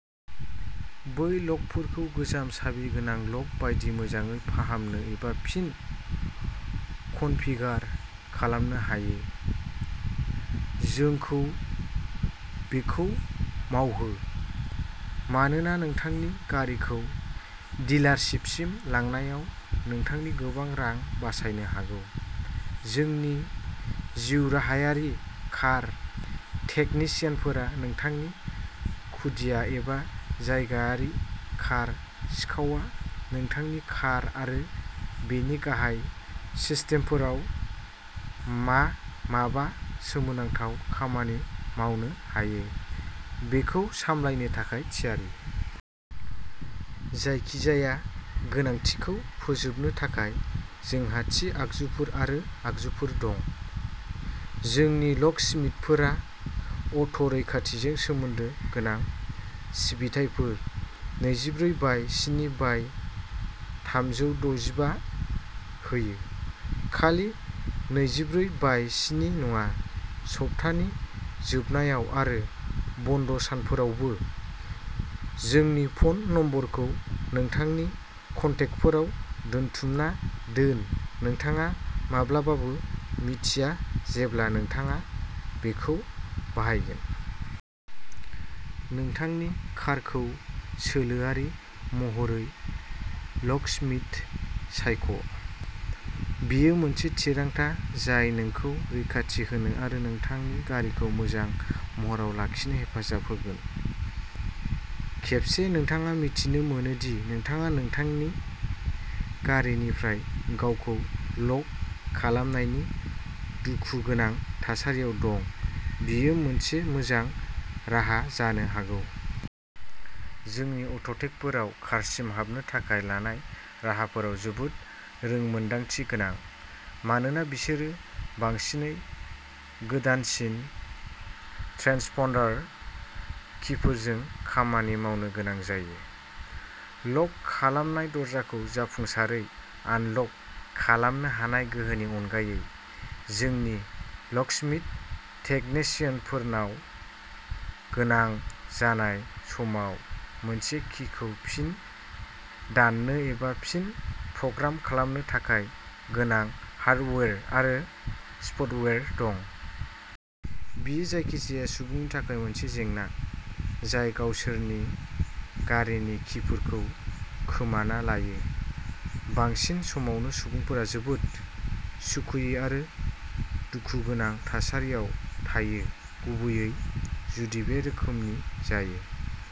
बै ल'कफोरखौ गोजाम साबि गोनां ल'क बायदि मोजाङै फाहामनो एबा फिन कनफिगार खालामनो हायो। जोंखौ बेखौ मावहो, मानोना नोंथांनि गारिखौ डिलारशिपसिम लांनायाव नोंथांनि गोबां रां बासायनो हागौ। जोंनि जिउराहायारि कार टेकनिशियानफोरा नोंथांनि खुदिया एबा जायगायारि कार सिखावआ नोंथांनि कार आरो बेनि गाहाय सिस्टेमफोराव मा माबा सोमोनांथाव खामानि मावनो हायो, बेखौ सामलायनो थाखाय थियारि। जायखिजाया गोनांथिखौ फोजोबनो थाखाय जोंहा थि आगजुफोर आरो आगजुफोर दं। जोंनि ल'कस्मिथफोरा अट'रैखाथिजों सोमोन्दो गोनां सिबिथाइफोर नैजिब्रै बाय स्नि बाय थामजौ द'जिबा। होयो, खालि नैजिब्रै बाय स्नि नङा, सप्तानि जोबनायाव आरो बन्द'सानफोरावबो। जोंनि फ'न नम्बरखौ नोंथांनि कन्टेकफोराव दोनथुमना दोन नोंथाङा माब्लाबाबो मिन्थिया जेब्ला नोंथाङा बेखौ बाहायगोन। नोंथांनि कारखौ सोलोआरि महरै ल'कस्मिथ सायख'। बेयो मोनसे थिरांथा जाय नोंखौ रैखाथि होनो आरो नोंथांनि गारिखौ मोजां महराव लाखिनो हेफाजाब होगोन। खेबसे नोंथाङा मिथिनो मोनो दि नोंथाङा नोंथांनि गारिनिफ्राय गावखौ ल'क खालामनायनि दुखुगोनां थासारियाव दं, बेयो मोनसे मोजां राहा जानो हागौ। जोंनि अट'टेकफोरा कारसिम हाबनो थाखाय लानाय राहाफोराव जोबोद रोंमोन्दांथि गोनां मानोना बिसोरो बांसिनै गोदानसिन ट्रान्सपन्डार किफोरजों खामानि मावनो गोनां जायो। लक खालामनाय दरजाखौ जाफुंसारै आनलक खालामनो हानाय गोहोनि अनगायै, जोंनि लकस्मिथ टेकनिशियानफोरनाव गोनां जानाय समाव मोनसे किखौ फिन दाननो एबा फिन प्रग्राम खालामनो थाखाय गोनां हार्डवेर आरो सफ्टवेयर दं। बेयो जायखिजाया सुबुंनि थाखाय मोनसे जेंना जाय गावसोरनि गारिनि किफोरखौ खोमाना लायो। बांसिन समावनो सुबुंफोरा जोबोद सुखुयै आरो दुखुगोनां थासारियाव थायो गुबैयै जुदि बे रोखोमनि जायो।